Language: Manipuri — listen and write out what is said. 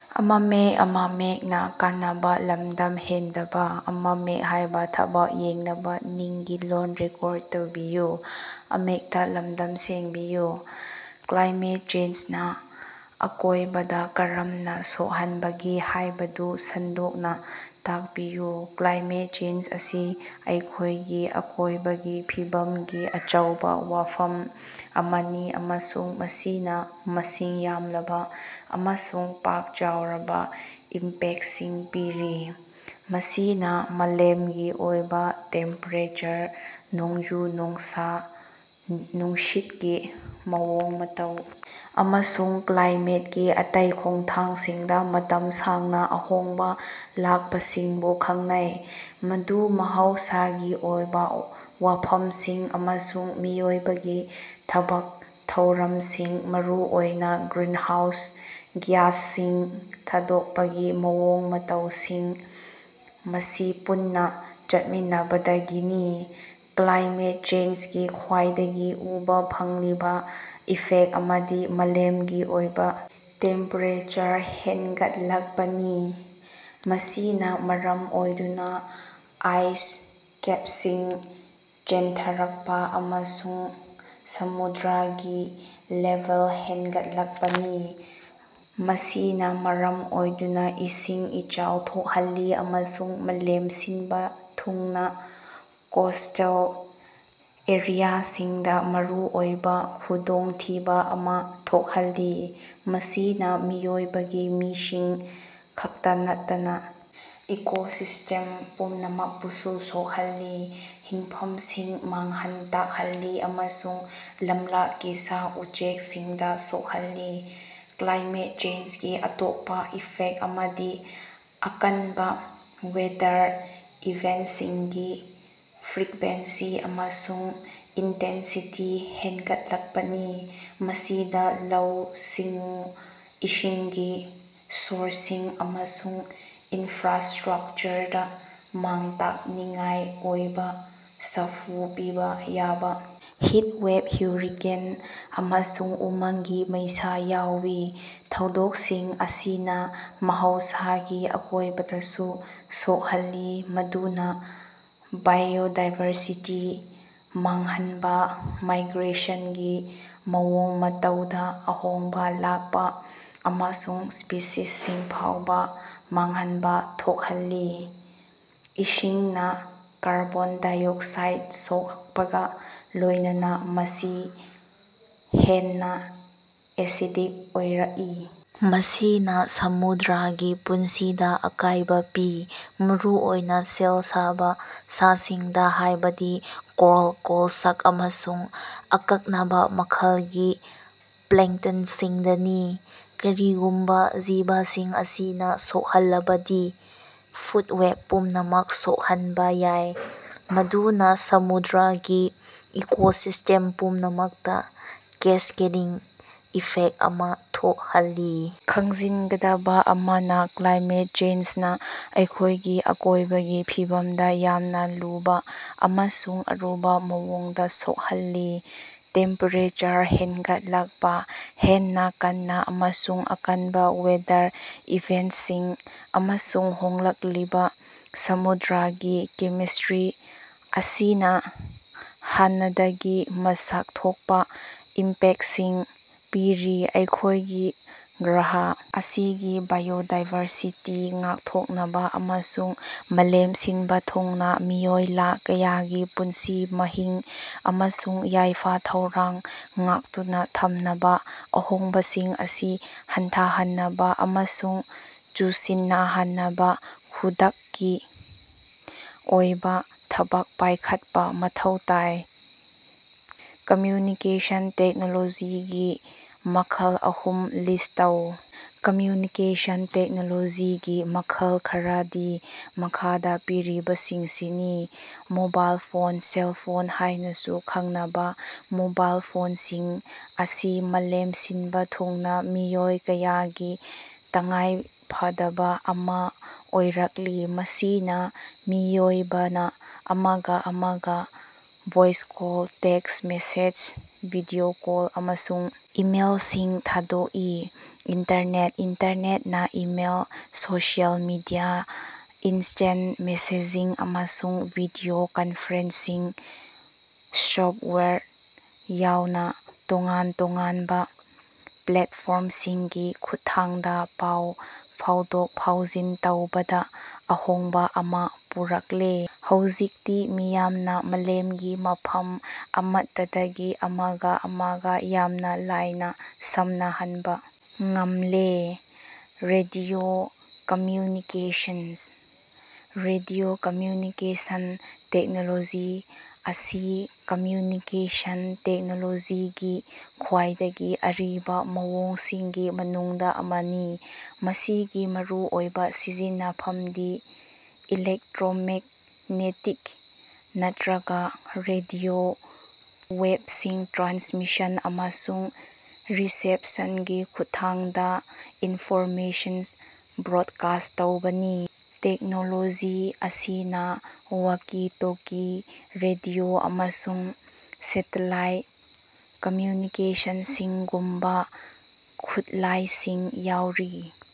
ꯀ꯭ꯂꯥꯏꯃꯦꯠ ꯆꯦꯟꯖꯅꯥ ꯑꯀꯣꯏꯕꯗꯥ ꯀꯔꯝꯅꯥ ꯁꯣꯛꯍꯟꯕꯒꯦ ꯍꯥꯏꯕꯗꯨ ꯁꯟꯗꯣꯛꯅꯥ ꯇꯥꯛꯄꯤꯌꯨ꯫ ꯀ꯭ꯂꯥꯏꯃꯦꯠ ꯆꯦꯟꯖ ꯑꯁꯤ ꯑꯩꯈꯣꯏꯒꯤ ꯑꯀꯣꯏꯕꯒꯤ ꯐꯤꯕꯝꯒꯤ ꯑꯆꯧꯕꯥ ꯋꯥꯐꯝ ꯑꯃꯅꯤ ꯑꯃꯁꯨꯡ ꯃꯁꯤꯅꯥ ꯃꯁꯤꯡ ꯌꯥꯝꯂꯕꯥ ꯑꯃꯁꯨꯡ ꯄꯥꯛ ꯆꯥꯎꯔꯕꯥ ꯏꯝꯄꯦꯛꯁꯤꯡ ꯄꯤꯔꯤ꯫ ꯃꯁꯤꯅꯥ ꯃꯥꯂꯦꯝꯒꯤ ꯑꯣꯏꯕꯥ ꯇꯦꯝꯄꯦꯔꯦꯆꯔ, ꯅꯣꯡꯖꯨ-ꯅꯨꯡꯁꯥ, ꯅꯨꯡꯁꯤꯠꯀꯤ ꯃꯑꯣꯡ-ꯃꯇꯧ ꯑꯃꯁꯨꯡ ꯀ꯭ꯂꯥꯏꯃꯦꯠꯀꯤ ꯑꯇꯩ ꯈꯣꯡꯊꯥꯡꯁꯤꯡꯗꯥ ꯃꯇꯝ ꯁꯥꯡꯅꯥ ꯑꯍꯣꯡꯕꯥ ꯂꯥꯛꯄꯁꯤꯡꯕꯨ ꯈꯪꯅꯩ, ꯃꯗꯨ ꯃꯍꯧꯁꯥꯒꯤ ꯑꯣꯏꯕꯥ ꯋꯥꯐꯝꯁꯤꯡ ꯑꯃꯁꯨꯡ ꯃꯤꯑꯣꯏꯕꯒꯤ ꯊꯕꯛ-ꯊꯧꯔꯝꯁꯤꯡ, ꯃꯔꯨꯑꯣꯏꯅꯥ ꯒ꯭ꯔꯤꯟꯍꯥꯎꯁ ꯒ꯭ꯌꯥꯁꯁꯤꯡ ꯊꯥꯗꯣꯛꯄꯒꯤ ꯃꯑꯣꯡ-ꯃꯇꯧꯁꯤꯡ ꯑꯁꯤ ꯄꯨꯟꯅꯥ ꯆꯠꯃꯤꯟꯅꯕꯗꯒꯤꯅꯤ꯫ ꯀ꯭ꯂꯥꯏꯃꯦꯠ ꯆꯦꯟꯖꯒꯤ ꯈ꯭ꯋꯥꯏꯗꯒꯤ ꯎꯕꯥ ꯐꯪꯂꯤꯕꯥ ꯏꯐꯦꯛ ꯑꯃꯗꯤ ꯃꯥꯂꯦꯝꯒꯤ ꯑꯣꯏꯕꯥ ꯇꯦꯝꯄꯦꯔꯦꯆꯔ ꯍꯦꯟꯒꯠꯂꯛꯄꯅꯤ, ꯃꯁꯤꯅꯥ ꯃꯔꯝ ꯑꯣꯏꯗꯨꯅꯥ ꯑꯥꯏꯁ ꯀꯦꯞꯁꯤꯡ ꯆꯦꯟꯊꯔꯛꯄꯥ ꯑꯃꯁꯨꯡ ꯁꯃꯨꯗ꯭ꯔꯒꯤ ꯂꯦꯚꯦꯜ ꯍꯦꯟꯒꯠꯂꯛꯄꯅꯤ꯫ ꯃꯁꯤꯅꯥ ꯃꯔꯝ ꯑꯣꯏꯗꯨꯅꯥ ꯏꯁꯤꯡ ꯏꯆꯥꯎ ꯊꯣꯛꯍꯜꯂꯤ ꯑꯃꯁꯨꯡ ꯃꯥꯂꯦꯝ ꯁꯤꯟꯕꯥ ꯊꯨꯡꯅꯥ ꯀꯣꯁꯇꯦꯜ ꯑꯦꯔꯤꯌꯥꯁꯤꯡꯗꯥ ꯃꯔꯨꯑꯣꯏꯕꯥ ꯈꯨꯗꯣꯡꯊꯤꯕꯥ ꯑꯃꯥ ꯊꯣꯛꯍꯜꯂꯤ꯫ ꯃꯁꯤꯅꯥ ꯃꯤꯑꯣꯏꯕꯒꯤ ꯃꯤꯁꯤꯡ ꯈꯛꯇꯥ ꯅꯠꯇꯅꯥ ꯏꯀꯣꯁꯤꯁꯇꯦꯝ ꯄꯨꯝꯅꯃꯛꯄꯨꯁꯨ ꯁꯣꯛꯍꯜꯂꯤ, ꯍꯤꯡꯐꯝꯁꯤꯡ ꯃꯥꯡꯍꯟ ꯇꯥꯛꯍꯜꯂꯤ ꯑꯃꯁꯨꯡ ꯂꯝꯂꯛꯀꯤ ꯁꯥ-ꯎꯆꯦꯛꯁꯤꯡꯗꯥ ꯁꯣꯛꯍꯜꯂꯤ꯫ ꯀ꯭ꯂꯥꯏꯃꯦꯠ ꯆꯦꯟꯖꯒꯤ ꯑꯇꯣꯞꯄꯥ ꯏꯐꯦꯛꯇ ꯑꯃꯗꯤ ꯑꯀꯟꯕꯥ ꯋꯦꯗꯔ ꯏꯚꯦꯟꯁꯤꯡꯒꯤ ꯐ꯭ꯔꯤꯛꯕꯦꯟꯁꯤ ꯑꯃꯁꯨꯡ ꯏꯟꯇꯦꯟꯁꯤꯇꯤ ꯍꯦꯟꯒꯠꯂꯛꯄꯅꯤ꯫ ꯃꯁꯤꯗꯥ ꯂꯧꯎ-ꯁꯤꯡꯎ, ꯏꯁꯤꯡꯒꯤ ꯁꯣꯔꯁꯁꯤꯡ ꯑꯃꯁꯨꯡ ꯏꯟꯐ꯭ꯔꯥꯁꯇ꯭ꯔꯛꯆꯔꯗꯥ ꯃꯥꯡ-ꯇꯥꯛꯅꯤꯡꯉꯥꯏ ꯑꯣꯏꯕꯥ ꯁꯥꯐꯨ ꯄꯤꯕꯥ ꯌꯥꯕꯥ ꯍꯤꯠꯋꯦꯕ, ꯍꯨꯔꯤꯀꯦꯟ, ꯑꯃꯁꯨꯡ ꯎꯃꯪꯒꯤ ꯃꯩꯁꯥ ꯌꯥꯎꯏ꯫ ꯊꯧꯗꯣꯛꯁꯤꯡ ꯑꯁꯤꯅꯥ ꯃꯍꯧꯁꯥꯒꯤ ꯑꯀꯣꯏꯕꯗꯁꯨ ꯁꯣꯛꯍꯜꯂꯤ, ꯃꯗꯨꯅꯥ ꯕꯥꯏꯑꯣꯗꯥꯏꯕꯔꯁꯤꯇꯤ ꯃꯥꯡꯍꯟꯕꯥ, ꯃꯥꯏꯒ꯭ꯔꯦꯁꯟꯒꯤ ꯃꯑꯣꯡ ꯃꯇꯧꯗꯥ ꯑꯍꯣꯡꯕꯥ ꯂꯥꯛꯄꯥ, ꯑꯃꯁꯨꯡ ꯁ꯭ꯄꯤꯁꯤꯁꯁꯤꯡ ꯐꯥꯎꯕꯥ ꯃꯥꯡꯍꯟꯕꯥ ꯊꯣꯛꯍꯜꯂꯤ꯫ ꯏꯁꯤꯡꯅꯥ ꯀꯥꯔꯕꯣꯟ ꯗꯥꯏꯑꯣꯛꯁꯥꯏꯠ ꯁꯣꯛꯄꯒꯥ ꯂꯣꯏꯅꯅꯥ ꯃꯁꯤ ꯍꯦꯟꯅꯥ ꯑꯦꯁꯤꯗꯤꯛ ꯑꯣꯏꯔꯛꯏ, ꯃꯁꯤꯅꯥ ꯁꯃꯨꯗ꯭ꯔꯒꯤ ꯄꯨꯟꯁꯤꯗꯥ ꯑꯀꯥꯏꯕꯥ ꯄꯤ, ꯃꯔꯨꯑꯣꯏꯅꯥ ꯁꯦꯜ ꯁꯥꯕꯥ ꯁꯥꯁꯤꯡꯗꯥ, ꯍꯥꯏꯕꯗꯤ ꯀꯣꯔꯜ, ꯃꯣꯜꯁꯛ ꯑꯃꯁꯨꯡ ꯑꯀꯛꯅꯕꯥ ꯃꯈꯜꯒꯤ ꯄ꯭ꯂꯥꯡꯇꯟꯁꯤꯡꯗꯅꯤ꯫ ꯀꯔꯤꯒꯨꯝꯕꯥ ꯖꯤꯕꯁꯤꯡ ꯑꯁꯤꯅꯥ ꯁꯣꯛꯍꯜꯂꯕꯗꯤ, ꯐꯨꯗ ꯋꯦꯞ ꯄꯨꯝꯅꯃꯛ ꯁꯣꯛꯍꯟꯕꯥ ꯌꯥꯏ, ꯃꯗꯨꯅꯥ ꯁꯃꯨꯗ꯭ꯔꯒꯤ ꯏꯀꯣꯁꯤꯁꯇꯦꯝ ꯄꯨꯝꯅꯃꯛꯇꯥ ꯀꯦꯁꯀꯦꯗꯤꯡ ꯏꯐꯦꯛꯇ ꯑꯃꯥ ꯊꯣꯛꯍꯜꯂꯤ꯫ ꯈꯪꯖꯤꯟꯒꯗꯕꯥ ꯑꯃꯅꯥ, ꯀ꯭ꯂꯥꯏꯃꯦꯠ ꯆꯦꯟꯖꯅꯥ ꯑꯩꯈꯣꯏꯒꯤ ꯑꯀꯣꯏꯕꯒꯤ ꯐꯤꯕꯝꯗꯥ ꯌꯥꯝꯅꯥ ꯂꯨꯕꯥ ꯑꯃꯁꯨꯡ ꯑꯔꯨꯕꯥ ꯃꯑꯣꯡꯗꯥ ꯁꯣꯛꯍꯜꯂꯤ꯫ ꯇꯦꯝꯄꯦꯔꯦꯆꯔ ꯍꯦꯟꯒꯠꯂꯛꯄꯥ, ꯍꯦꯟꯅꯥ ꯀꯟꯅꯥ ꯑꯃꯁꯨꯡ ꯑꯀꯟꯕꯥ ꯋꯦꯗꯔ ꯏꯚꯦꯟꯇꯁꯤꯡ ꯑꯃꯁꯨꯡ ꯍꯣꯡꯂꯛꯂꯤꯕꯥ ꯁꯃꯨꯗ꯭ꯔꯒꯤ ꯀꯦꯃꯤꯁꯇ꯭ꯔꯤ ꯑꯁꯤꯅꯥ ꯍꯥꯟꯅꯗꯒꯤ ꯃꯁꯛ ꯊꯣꯛꯄꯥ ꯏꯝꯄꯦꯛꯁꯤꯡ ꯄꯤꯔꯤ꯫ ꯑꯩꯈꯣꯏꯒꯤ ꯒ꯭ꯔꯍ ꯑꯁꯤꯒꯤ ꯕꯥꯏꯑꯣꯗꯥꯏꯕꯔꯁꯤꯇꯤ ꯉꯥꯛꯊꯣꯛꯅꯕꯥ ꯑꯃꯁꯨꯡ ꯃꯥꯂꯦꯝ ꯁꯤꯟꯕꯥ ꯊꯨꯡꯅꯥ ꯃꯤꯑꯣꯏ ꯂꯥꯈ ꯀꯌꯥꯒꯤ ꯄꯨꯟꯁꯤ ꯃꯍꯤꯡ ꯑꯃꯁꯨꯡ ꯌꯥꯏꯐ-ꯊꯧꯔꯥꯡ ꯉꯥꯛꯇꯨꯅꯥ ꯊꯝꯅꯕꯥ ꯑꯍꯣꯡꯕꯁꯤꯡ ꯑꯁꯤ ꯍꯟꯊꯍꯟꯅꯕꯥ ꯑꯃꯁꯨꯡ ꯆꯨꯁꯤꯟꯅꯍꯟꯅꯕꯥ ꯈꯨꯗꯛꯀꯤ ꯑꯣꯏꯕꯥ ꯊꯕꯛ ꯄꯥꯏꯈꯠꯄꯥ ꯃꯊꯧ ꯇꯥꯏ꯫ ꯀꯝꯃ꯭ꯌꯨꯅꯤꯀꯦꯁꯟ ꯇꯦꯛꯅꯣꯂꯣꯖꯤꯒꯤ ꯃꯈꯜ ꯑꯍꯨꯝ ꯂꯤꯁ ꯇꯧ꯫ ꯀꯝꯃ꯭ꯌꯨꯅꯤꯀꯦꯁꯟ ꯇꯦꯛꯅꯣꯂꯣꯖꯤꯒꯤ ꯃꯈꯜ ꯈꯔꯗꯤ ꯃꯈꯥꯗꯥ ꯄꯤꯔꯤꯕꯁꯤꯡꯁꯤꯅꯤ: ꯃꯣꯕꯥꯏꯜ ꯐꯣꯟ: ꯁꯦꯜꯐꯣꯟ ꯍꯥꯏꯅꯥꯁꯨ ꯈꯪꯅꯕꯥ ꯃꯣꯕꯥꯏꯜ ꯐꯣꯟꯁꯤꯡ ꯑꯁꯤ ꯃꯥꯂꯦꯝ ꯁꯤꯟꯕꯥ ꯊꯨꯡꯅꯥ ꯃꯤꯑꯣꯏ ꯀꯌꯥꯒꯤ ꯇꯉꯥꯏꯐꯗꯕꯥ ꯑꯃꯥ ꯑꯣꯏꯔꯛꯂꯤ, ꯃꯁꯤꯅꯥ ꯃꯤꯑꯣꯏꯕꯅꯥ ꯑꯃꯒꯥ ꯑꯃꯒꯥ voice call, text message, video call ꯑꯃꯁꯨꯡ ꯏꯃꯦꯜꯁꯤꯡ ꯊꯥꯗꯣꯛꯏ꯫ ꯏꯟꯇꯔꯅꯦꯠ: ꯏꯟꯇꯔꯅꯦꯠꯅꯥ email, social media, instant messaging, ꯑꯃꯁꯨꯡ ꯚꯤꯗꯤꯑꯣ ꯀꯟꯐ꯭ꯔꯦꯟꯁꯁꯤꯡ ꯁꯣꯞꯋꯥꯌꯔ ꯌꯥꯎꯅꯥ ꯇꯣꯉꯥꯟ-ꯇꯣꯉꯥꯟꯕꯥ ꯄ꯭ꯂꯦꯠꯐꯣꯔꯃꯁꯤꯡꯒꯤ ꯈꯨꯠꯊꯥꯡꯗꯥ ꯄꯥꯎ ꯐꯥꯎꯗꯣꯛ-ꯐꯥꯎꯖꯤꯟ ꯇꯧꯕꯗꯥ ꯑꯍꯣꯡꯕꯥ ꯑꯃꯥ ꯄꯨꯔꯛꯂꯦ꯫ ꯍꯧꯖꯤꯛꯇꯤ ꯃꯤꯌꯥꯝꯅꯥ ꯃꯥꯂꯦꯝꯒꯤ ꯃꯐꯝ ꯑꯃꯠꯇꯗꯒꯤ ꯑꯃꯒꯥ ꯑꯃꯒꯥ ꯌꯥꯝꯅꯥ ꯂꯥꯏꯅꯥ ꯁꯝꯅꯍꯟꯕꯥ ꯉꯝꯂꯦ꯫ Radio communication: radio communication technology ꯑꯁꯤ ꯀꯝꯃ꯭ꯌꯨꯅꯤꯀꯦꯁꯟ ꯇꯦꯛꯅꯣꯂꯣꯖꯤꯒꯤ ꯈ꯭ꯋꯥꯏꯗꯒꯤ ꯑꯔꯤꯕꯥ ꯃꯑꯣꯡꯁꯤꯡꯒꯤ ꯃꯅꯨꯡꯗꯥ ꯑꯃꯅꯤ, ꯃꯁꯤꯒꯤ ꯃꯔꯨꯑꯣꯏꯕꯥ ꯁꯤꯖꯤꯟꯅꯐꯝꯗꯤ ꯏꯂꯦꯛꯇ꯭ꯔꯣꯃꯦꯛꯅꯦꯇꯤꯛ ꯅꯠꯇ꯭ꯔꯒꯥ ꯔꯦꯗꯤꯑꯣ ꯋꯦꯞꯁꯤꯡ ꯇ꯭ꯔꯥꯟꯁꯃꯤꯁꯟ ꯑꯃꯁꯨꯡ ꯔꯤꯁꯦꯞꯁꯟꯒꯤ ꯈꯨꯠꯊꯥꯡꯗꯥ ꯏꯟꯐꯣꯔꯃꯦꯁꯟ ꯕ꯭ꯔꯣꯠꯀꯥꯁ ꯇꯧꯕꯅꯤ꯫ ꯇꯦꯛꯅꯣꯂꯣꯖꯤ ꯑꯁꯤꯅꯥ ꯋꯥꯀꯤ-ꯇꯣꯀꯤ, ꯔꯦꯗꯤꯑꯣ ꯑꯃꯁꯨꯡ ꯁꯦꯇꯦꯂꯥꯏꯠ ꯀꯝꯃ꯭ꯌꯨꯅꯤꯀꯦꯁꯟꯁꯤꯡꯒꯨꯝꯕꯥ ꯈꯨꯠꯂꯥꯏꯁꯤꯡ ꯌꯥꯎꯔꯤ꯫